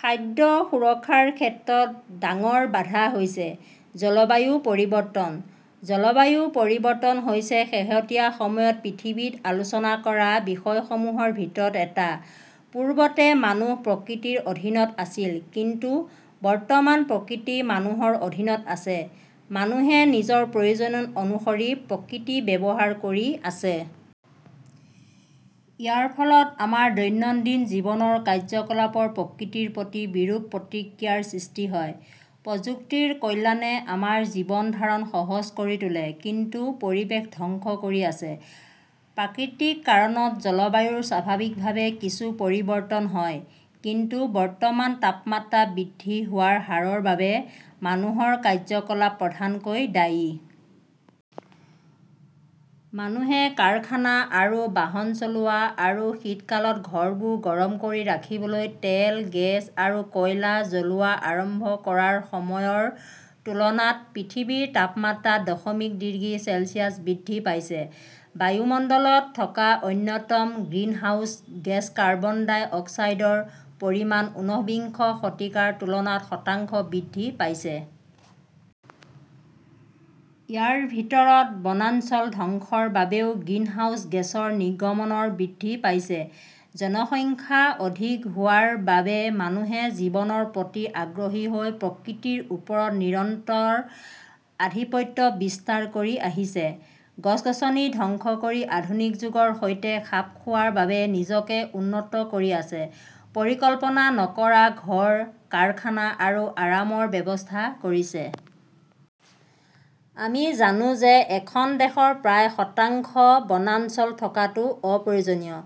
খাদ্য সুৰক্ষাৰ ক্ষেত্ৰত ডাঙৰ বাধা হৈছে, জলবায়ু পৰিৱৰ্তন। জলবায়ু পৰিৱৰ্তন হৈছে শেহতীয়া সময়ত পৃথিৱীত আলোচনা কৰা বিষয়সমূহৰ ভিতৰত এটা। পূৰ্বতে মানুহ প্ৰকৃতিৰ অধীনত আছিল; কিন্তু বৰ্তমান প্ৰকৃতি মানুহৰ অধীনত আছে। মানুহে নিজৰ প্ৰয়োজন অনুসৰি প্ৰকৃতি ব্যৱহাৰ কৰি আছে। ইয়াৰ ফলত আমাৰ দৈনন্দিন জীৱনৰ কাৰ্যকলাপৰ প্ৰকৃতিৰ প্ৰতি বিৰূপ প্ৰতিক্ৰিয়াৰ সৃষ্টি হয়। প্ৰযুক্তিৰ কল্যাণে আমাৰ জীৱন ধাৰণ সহজ কৰি তোলে, কিন্তু পৰিৱেশ ধ্বংস কৰি আছে। প্ৰাকৃতিক কাৰণত জলবায়ুৰ স্বাভাৱিকভাৱে কিছু পৰিৱৰ্তন হয়। কিন্তু বৰ্তমান তাপমাত্ৰা বৃদ্ধি হোৱাৰ হাৰৰ বাবে মানুহৰ কাৰ্যকলাপ প্ৰধানকৈ দায়ী। মানুহে কাৰখানা আৰু বাহন চলোৱা আৰু শীতকালত ঘৰবোৰ গৰম কৰি ৰাখিবলৈ তেল, গেছ আৰু কয়লা জ্বলোৱা আৰম্ভ কৰাৰ সময়ৰ তুলনাত পৃথিৱীৰ তাপমাত্ৰা দশমিক ডিগ্ৰী চেলছিয়াছ বৃদ্ধি পাইছে। বায়ুমণ্ডলত থকা অন্যতম গ্ৰিনহাউচ গেছ কাৰ্বন ডাই অক্সাইডৰ পৰিমাণ ঊনবিংশ শতিকাৰ তুলনাত শতাংশ বৃদ্ধি পাইছে। ইয়াৰ ভিতৰত, বনাঞ্চল ধ্বংসৰ বাবেও গ্ৰিনহাউচ গেছৰ নিৰ্গমন বৃদ্ধি পাইছে। জনসংখ্যা অধিক হোৱাৰ বাবে মানুহে জীৱনৰ প্ৰতি আগ্ৰহী হৈ প্ৰকৃতিৰ ওপৰত নিৰন্তৰ আধিপত্য বিস্তাৰ কৰি আহিছে। গছ-গছনি ধ্বংস কৰি আধুনিক যুগৰ সৈতে খাপ খোৱাৰ বাবে নিজকে উন্নত কৰি আছে, পৰিকল্পনা নকৰা ঘৰ, কাৰখানা আৰু আৰামৰ ব্যৱস্থা কৰিছে। আমি জানো যে, এখন দেশৰ প্ৰায় শতাংশ বনাঞ্চল থকাটো প্ৰয়োজনীয়,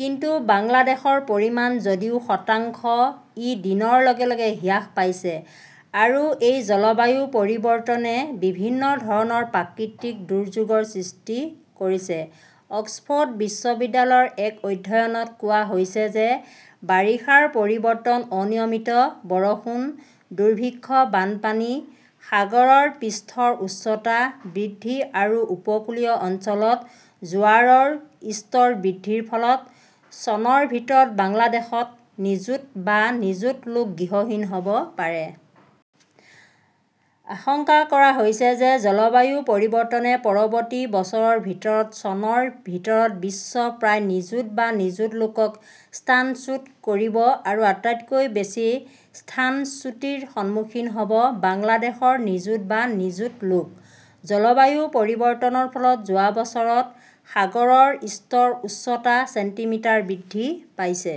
কিন্তু বাংলাদেশৰ পৰিমাণ যদিও শতাংশ, ই দিনৰ লগে লগে হ্ৰাস পাইছে। আৰু এই জলবায়ু পৰিৱৰ্তনে বিভিন্ন ধৰণৰ প্ৰাকৃতিক দুৰ্যোগৰ সৃষ্টি কৰিছে। অক্সফ'ৰ্ড বিশ্ববিদ্যালয়ৰ এক অধ্যয়নত কোৱা হৈছে যে, বাৰিষাৰ পৰিৱৰ্তন, অনিয়মিত বৰষুণ, দুৰ্ভিক্ষ, বানপানী, সাগৰৰ পৃষ্ঠৰ উচ্চতা বৃদ্ধি আৰু উপকূলীয় অঞ্চলত জোৱাৰৰ স্তৰ বৃদ্ধিৰ ফলত চনৰ ভিতৰত বাংলাদেশত নিযুত বা নিযুত লোক গৃহহীন হ'ব পাৰে। আশংকা কৰা হৈছে যে, জলবায়ু পৰিৱৰ্তনে পৰৱৰ্তী বছৰৰ ভিতৰত, চনৰ ভিতৰত বিশ্বৰ প্ৰায় নিযুত বা নিযুত লোকক স্থানচ্যুত কৰিব আৰু আটাইতকৈ বেছি স্থানচ্যুতিৰ সন্মুখীন হ'ব বাংলাদেশৰ নিযুত বা নিযুত লোক। জলবায়ু পৰিৱৰ্তনৰ ফলত যোৱা বছৰত সাগৰৰ স্তৰৰ উচ্চতা ছেণ্টিমিটাৰ বৃদ্ধি পাইছে।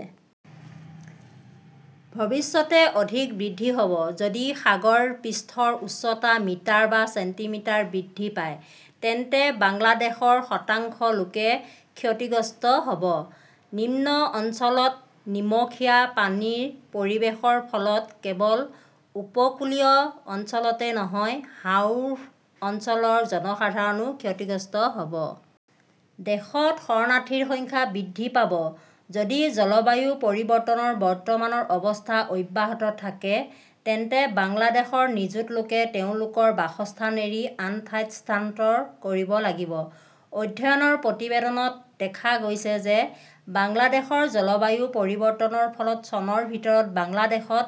ভৱিষ্যতে অধিক বৃদ্ধি হ'ব, যদি সাগৰ পৃষ্ঠৰ উচ্চতা মিটাৰ বা ছেণ্টিমিটাৰ বৃদ্ধি পায়, তেন্তে বাংলাদেশৰ শতাংশ লোকে ক্ষতিগ্ৰস্ত হ'ব। নিম্ন অঞ্চলত নিমখীয়া পানীৰ প্ৰৱেশৰ ফলত কেৱল উপকূলীয় অঞ্চলতে নহয়, হাওৰ অঞ্চলৰ জনসাধাৰণো ক্ষতিগ্ৰস্ত হ'ব। দেশত শৰণাৰ্থীৰ সংখ্যা বৃদ্ধি পাব। যদি জলবায়ু পৰিৱৰ্তনৰ বৰ্তমানৰ অৱস্থা অব্যাহত থাকে, তেন্তে বাংলাদেশৰ নিযুত লোকে তেওঁলোকৰ বাসস্থান এৰি আন ঠাইত স্থানান্তৰ কৰিব লাগিব। অধ্যয়নৰ প্ৰতিবেদনত দেখা গৈছে যে বাংলাদেশৰ জলবায়ু পৰিৱৰ্তনৰ ফলত চনৰ ভিতৰত বাংলাদেশত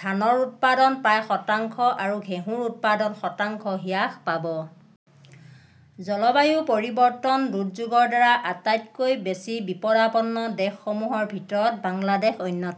ধানৰ উৎপাদন প্ৰায় শতাংশ আৰু ঘেঁহুৰ উৎপাদন শতাংশ হ্ৰাস পাব। জলবায়ু পৰিৱৰ্তন দুৰ্যোগৰ দ্বাৰা আটাইতকৈ বেছি বিপদাপন্ন দেশসমূহৰ ভিতৰত বাংলাদেশ অন্যতম।